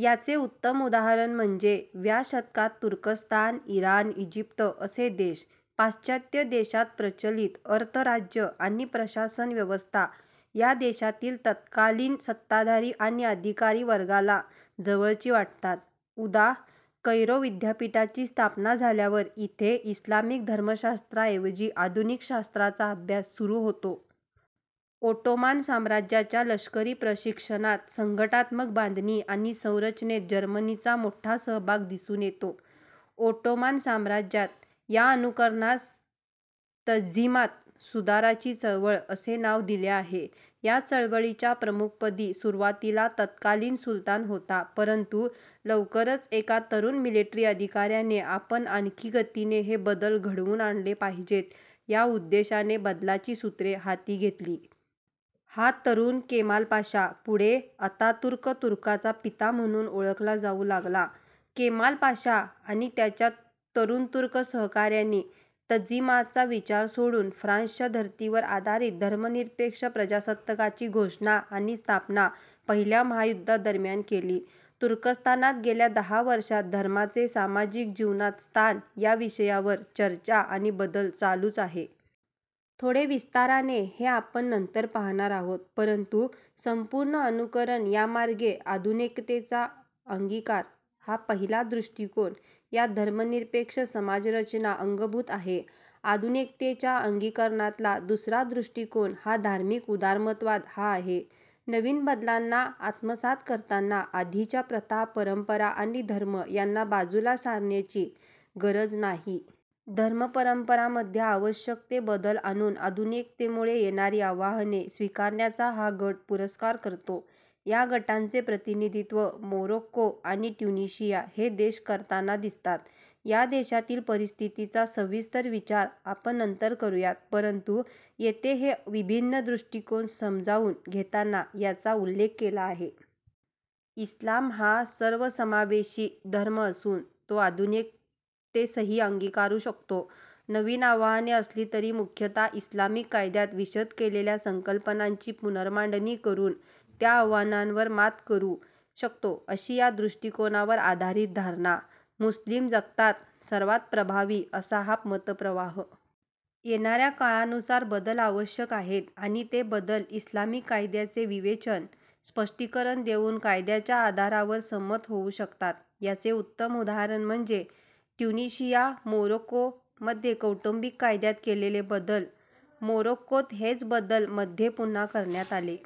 याचे उत्तम उदाहरण म्हणजे व्या शतकात तुर्कस्तान, इराण, इजिप्त असे देश. पाश्चात्य देशांत प्रचलित अर्थ- राज्य आणि प्रशासन व्यवस्था या देशांतील तत्कालीन सत्ताधारी आणि अधिकारी वर्गाला जवळची वाटतात. उदा कैरो विद्यापीठाची स्थापना झाल्यावर इथे इस्लामिक धर्मशास्त्राऐवजी आधुनिक शास्त्रांचा अभ्यास सुरु होतो. ओटोमान साम्रज्याच्या लष्करी प्रशिक्षणात, संघटनात्मक बांधणी आणि संरचनेत जर्मनीचा मोठा सहभाग दिसून येतो. ओटोमान साम्राज्यात या अनुकरनास तन्झीमात- सुधाराची चळवळ असे नाव दिले आहे. या चळवळीच्या प्रमुखपदी सुरुवातीला तत्कालीन सुलतान होता परंतु लवकरच एका तरुण मिलिटरी अधिकाऱ्याने आपण आणखी गतीने हे बदल घडवून आणले पाहिजेत या उद्देशाने बदलाची सूत्रे हाती घेतली. हा तरुण, केमाल पाशा पुढे अतातुर्क तुर्कांचा पिता म्हणून ओळखला जाऊ लागला. केमाल पाशा आणि त्याच्या तरुणतुर्क सहकाऱ्यांनी तन्झीमातचा विचार सोडून फ्रान्सच्या धर्तीवर आधारित धर्मनिरपेक्ष प्रजासत्ताकाची घोषणा आणि स्थापना पहिल्या महायुद्धादरम्यान केली. तुर्कस्थानात गेल्या दहा वर्षात धर्माचे सामाजिक जीवनात स्थान या विषयावर चर्चा आणि बदल चालूच आहे. थोडे विस्ताराने हे आपण नंतर पाहणार आहोत. परंतु संपूर्ण अनुकरण यामार्गे आधुनिकतेचा अंगीकार हा पहिला दृष्टीकोन यात धर्मनिरपेक्ष समाजरचना अंगभूत आहे. आधुनिकतेच्या अंगीकारातला दुसरा दृष्टीकोन हा धार्मिक उदारमतवाद हा आहे. नवीन बदलांना आत्मसात करताना आधीच्या प्रथा, परंपरा आणि धर्म यांना बाजूला सारण्याची गरज नाही. धर्मपरंपरांमध्ये आवश्यक ते बदल आणून आधुनिकतेमुळे येणारी आव्हाने स्वीकारण्याचा हा गट पुरस्कार करतो. या गटाचे प्रतिनिधित्व मोरोक्को आणि ट्युनिशिया हे देश करताना दिसतात. या देशांतील परिस्थितीचा सविस्तर विचार आपण नंतर करुयात परंतु येथे हे विभिन्न दृष्टीकोन समजाऊन घेताना यांचा उल्लेख केला आहे. इस्लाम हा सर्वसमावेशी धर्म असून तो आधुनिकतेसही अंगिकारू शकतो, नवीन आव्हाने असली तरी मुख्यतः इस्लामिक कायद्यात विशद केलेल्या संकल्पनांची पुनर्मांडणी करून त्या आव्हानांवर मात करू शकतो अशी या दृष्टिकोनावर आधारित धारणा. मुस्लिमजगतात सर्वात प्रभावी असा हा मतप्रवाह. येणाऱ्या काळानुसार बदल आवश्यक आहेत आणि ते बदल इस्लामिक कायद्याचे विवेचन, स्पष्टीकरण देऊन कायद्याच्या आधारावर संमत होऊ शकतात. याचे उत्तम उदाहरण म्हणजे ट्युनिशिया, मोरोक्को मध्ये कौटुंबिक कायद्यात केलेले बदल. मोरोक्कोत हेच बदल मध्ये पुन्हा करण्यात आले.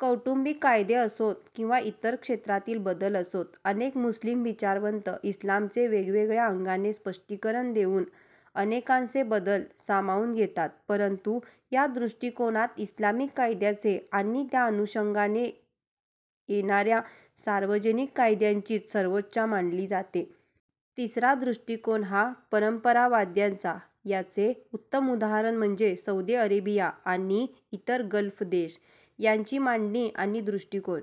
कौटुंबिक कायदे असोत किंवा इतर क्षेत्रातील बदल असोत अनेक मुस्लिम विचारवंत इस्लामचे वेगळ्या अंगाने स्पष्टीकरण देऊन अनेकासे बदल सामावून घेतात. परंतु या दृष्टीकोनात इस्लामिक कायद्याचे आणि त्या अनुषंगाने येणाऱ्या सार्वजनिक कायद्यांचीच सर्वोच्चता मानली जाते. तिसरा दृष्टीकोन हा परम्परावाद्यांचा, याचे उत्तम उदाहरण म्हणजे सौदी अरेबिया आणि इतर गल्फ देश. यांची मांडणी आणि दृष्टीकोन